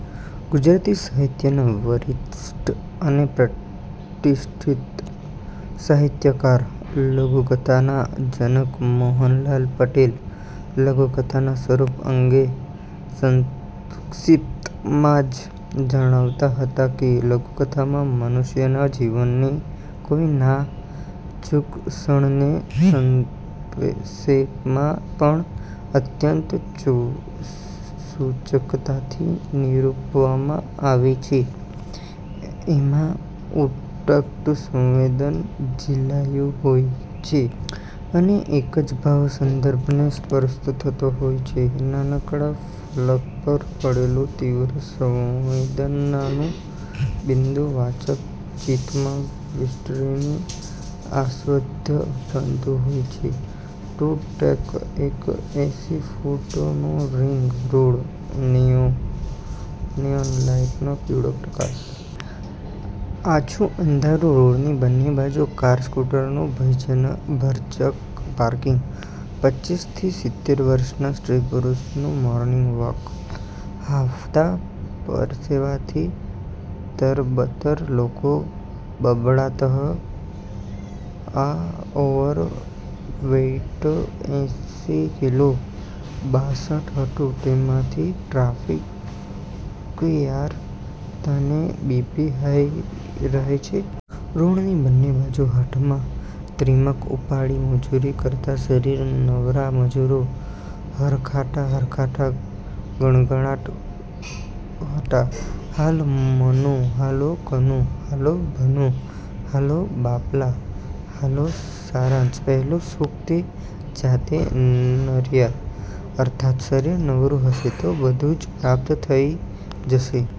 ગુજરાતી સાહિત્યનાં વરિષ્ઠ અને પ્રતિષ્ઠિત સાહિત્યકાર, લઘુકથા ના જનક મોહનલાલ પટેલ લઘુકથાના સ્વરૂપ અંગે સંક્ષિપ્તમાં જ જણાવતાં હતા કે લઘુકથામાં મનુષ્યના જીવનની કોઈ નાજુક સણને સંક્ષેપમાં પણ અત્યંત સૂચકતાથી નિરૂપવામાં આવે છે. એમાં ઉતટ સંવેદન ઝિલાયું હોય છે. અને એક જ ભાવ સંદર્ભને સ્પર્શ થતો હોય છે. નાનકડા ફલક પર પડેલું તીવ્ર સંવેદનાનું બિન્દુ વાચક ચિત્તમાં વિસ્તરીને આસ્વાદ્ય બનતું હોય છે. ટુ-ટ્રેક એક એંસી ફૂટનો રિંગ રોડ. નિયોન લાઈટનો પીળો પ્રકાશ. આછું અંધારું. રોડની બંને બાજુ કાર-સ્કુટરનું ભયજન ભરચક પાર્કિંગ. પચ્ચીસથી સિતેર વર્ષના સ્ત્રી-પુરુષનું મોર્નિગ વોક. હાંફતાં, પરસેવાથી તરબતર લોકોનો બબડાટહ આ ઓવર વેઇટ એંસી કિલો? બાંસઠ હતું. તેમાંથી ટ્રાફિક યાર, તને બી. પી. હાઈ રહે છે. રોડની બંને બાજુ હાથમાં ત્રિમક ઉપાડી મજૂરી કરતાં શરીરે નવરા મજૂરો હરખાતાં-હરખાતાં ગણગણાટ હટા. હાલો, મનુ, હાલો કનુ, હાલો ભનુ, હાલો બાપલા, હાલો! સારાંશ: પહેલું સુખ તે જાતે નર્યા અર્થાત શરીર નવરુ હશે તો બધું જ પ્રાપ્ત થઈ જશે.